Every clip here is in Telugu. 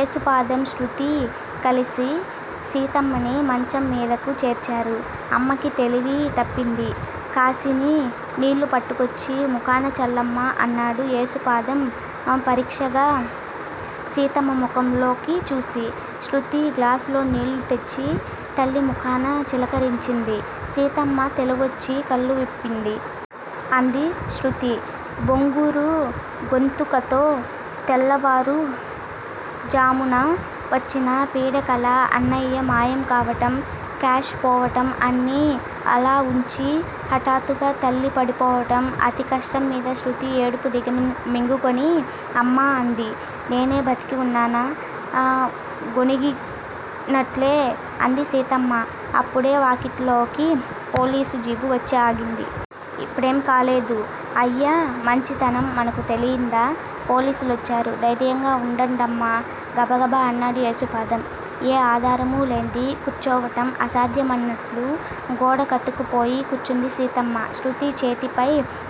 ఏసుపాదం, శృతీ కలిసి సీతమ్మని మంచం మీదకు చేర్చారు. అమ్మకి తెలివి తప్పింది. కాసిని నీళ్ళు పట్టుకొచ్చి ముఖాన చల్లమ్మా! అన్నాడు ఏసుపాదం పరీక్షగా సీతమ్మ ముఖంలోకి చూసి. శృతి గ్లాసుతో నీళ్ళు తెచ్చి తల్లి ముఖాన చిలకరించింది. సీతమ్మ తెలివొచ్చి కళ్ళు విప్పింది. అమ్మా! అంది శృతి బొంగురు గొంతుకతో. తెల్లవారుఝాము వచ్చిన పీడకల, అన్నయ్య మాయం కావటం, క్యాష్ పోవటం. అన్నీ అలావుంచి హఠాత్తుగా తల్లి పడిపోవటం అతి కష్టంమీద శృతి ఏడుపు దిగమింగుకుని అమ్మా అంది. నే బతికే ఉన్నానా? గొణిగినట్లే అంది సీతమ్మ. అప్పుడే వాకిట్లోకి పోలీసు జీపు వచ్చి ఆగింది. ఇప్పుడేం కాలేదు. అయ్య మంచితనం మనకు తెలియదా! పోలీసు లోచ్చారు. ధైర్యంగా వుండండమ్మా! గబగబ అన్నాడు ఏసుపాదం. ఏ ఆధారమూ లేంది కూర్చోటం అసాధ్యమన్నట్లు గోడకతుక్కుపోయి కూర్చుంది సీతమ్మ. శృతి చేతిపై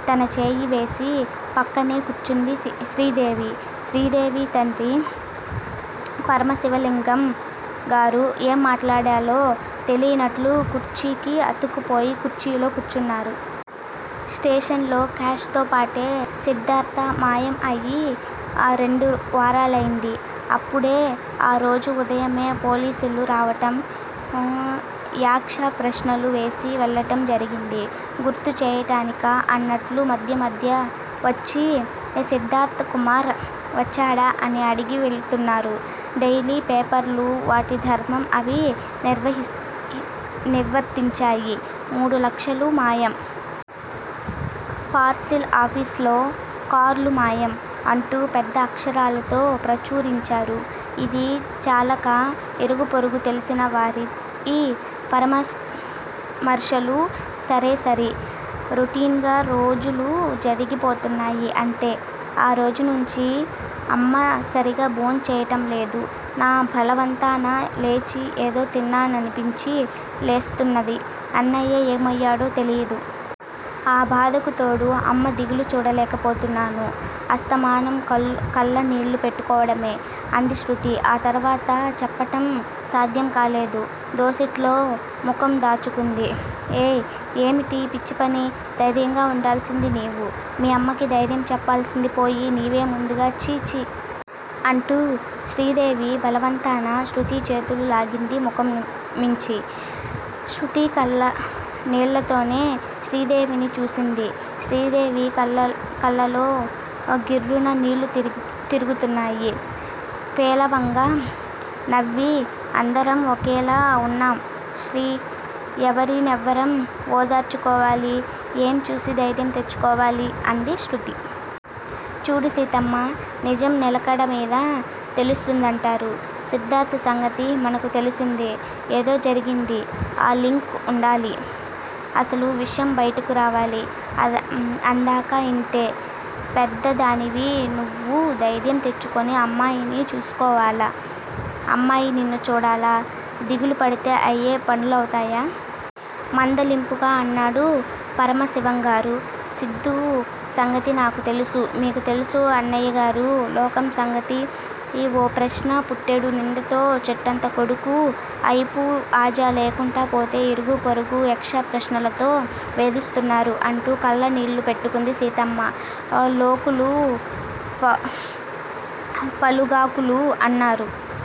తన చేయి వేసి పక్కనే కూర్చుంది శ్రీదేవి. శ్రీదేవి తండ్రి పరమశివంగారు ఏం మాట్లాడాలో తెలియనట్లు కుర్చీకి అతుక్కుపోయి కుర్చీలో కూర్చున్నారు. స్టేషన్ లో క్యాష్ తో పాటే సిద్దార్థ మాయం అయి రెండు వారాలయింది. అప్పుడే-ఆరోజు ఉదయమే పోలీసులు రావటం యక్ష ప్రశ్నలు వేసి వెళ్ళటం జరిగింది. గుర్తు చేయటానికా అన్నట్లు మధ్యమధ్య వచ్చి సిద్దార్థకుమార్ వచ్చాడా? అని అడిగి వెడుతున్నారు. డెయిలీ పేపర్లు వాటి ధర్మం అవి నిర్వర్తించాయి మూడు లక్షలు మాయం! పార్సిల్ ఆఫీసులో క్లార్క్ మాయం! అంటూ పెద్ద అక్షరాలతో ప్రచురించారు. ఇది చాలక ఇరుగూ పొరుగూ తెలిసినవారి పరామర్శలు సరేసరి. రొటీన్ గా రోజులు జరిగి పోతున్నాయి అంతే. ఆ రోజునుంచి అమ్మ సరిగా భోంచేయటంలేదు. నా బలవంతాన లేచి ఏదో తిన్నాననిపించి లేస్తున్నది. అన్నయ్య ఏమయ్యాడో తెలియదు. ఆ బాధకు తోడు అమ్మ దిగులు చూడలేక పోతున్నాను. అస్తమానం కళ్ళ నీళ్ళు పెట్టుకోవడమే. అంది శృతి. ఆ తర్వాత చెప్పటం సాధ్యం కాలేదు. దోసిట్లో ముఖం దాచుకుంది. ఏయ్, ఏమిటీ పిచ్చిపని! ధైర్యంగా వుండాల్సింది నీవు. మీ అమ్మకి దైర్యం చెప్పాల్సిందిపోయి నీవే ముందుగా ఛీ ఛీ. అంటూ శ్రీదేవి బలవంతాన శృతి చేతులు లాగింది ముఖం మీంచి. శృతి కళ్ళ నీళ్ళతోనే శ్రీదేవిని చూసింది. శ్రీదేవి కళ్ళలో గిర్రున నీళ్ళు తిరుగుతున్నాయి. పేలవంగా నవ్వి అందరం ఒకేలా వున్నాం శ్రీ! ఎవరి నెవరం ఓదార్చు కోవాలి! ఏం చూసి ధైర్యం తెచ్చుకోవాలి? అంది శృతి. చూడు సీతమ్మా! నిజం నిలకడ మీద తెలుస్తుందంటారు. సిద్దార్థ సంగతి మనకు తెలిసిందే. ఏదో జరిగింది. ఆ లింకు వూడాలి. అసలు విషయం బైటకు రావాలి. అందాకా ఇంతే. పెద్దదానివి నువ్వు దైర్యం తెచ్చుకుని అమ్మాయిని చూసుకోవాలా, అమ్మాయి నిన్ను చూడాలా? దిగులు పడితే అయ్యే పనులవుతాయా? మందలింపుగా అన్నాడు పరమశివంగారు. సిద్దూ సంగతి నాకు తెలుసు. మీకు తెలుసు అన్నయ్యగారూ! లోకం సంగతో? ఓ ప్రక్క పుట్టెడు నిందతో చెట్టంత కొడుకు అయిపూ అజా లేకుండా పోతే ఇరుగూ పొరుగూ యక్ష ప్రశ్నలతో వేధిస్తున్నారు. అంటూ కళ్ళనీళ్ళు పెట్టుకుంది సీతమ్మ. లోకులు పలుగాకులు అన్నారు.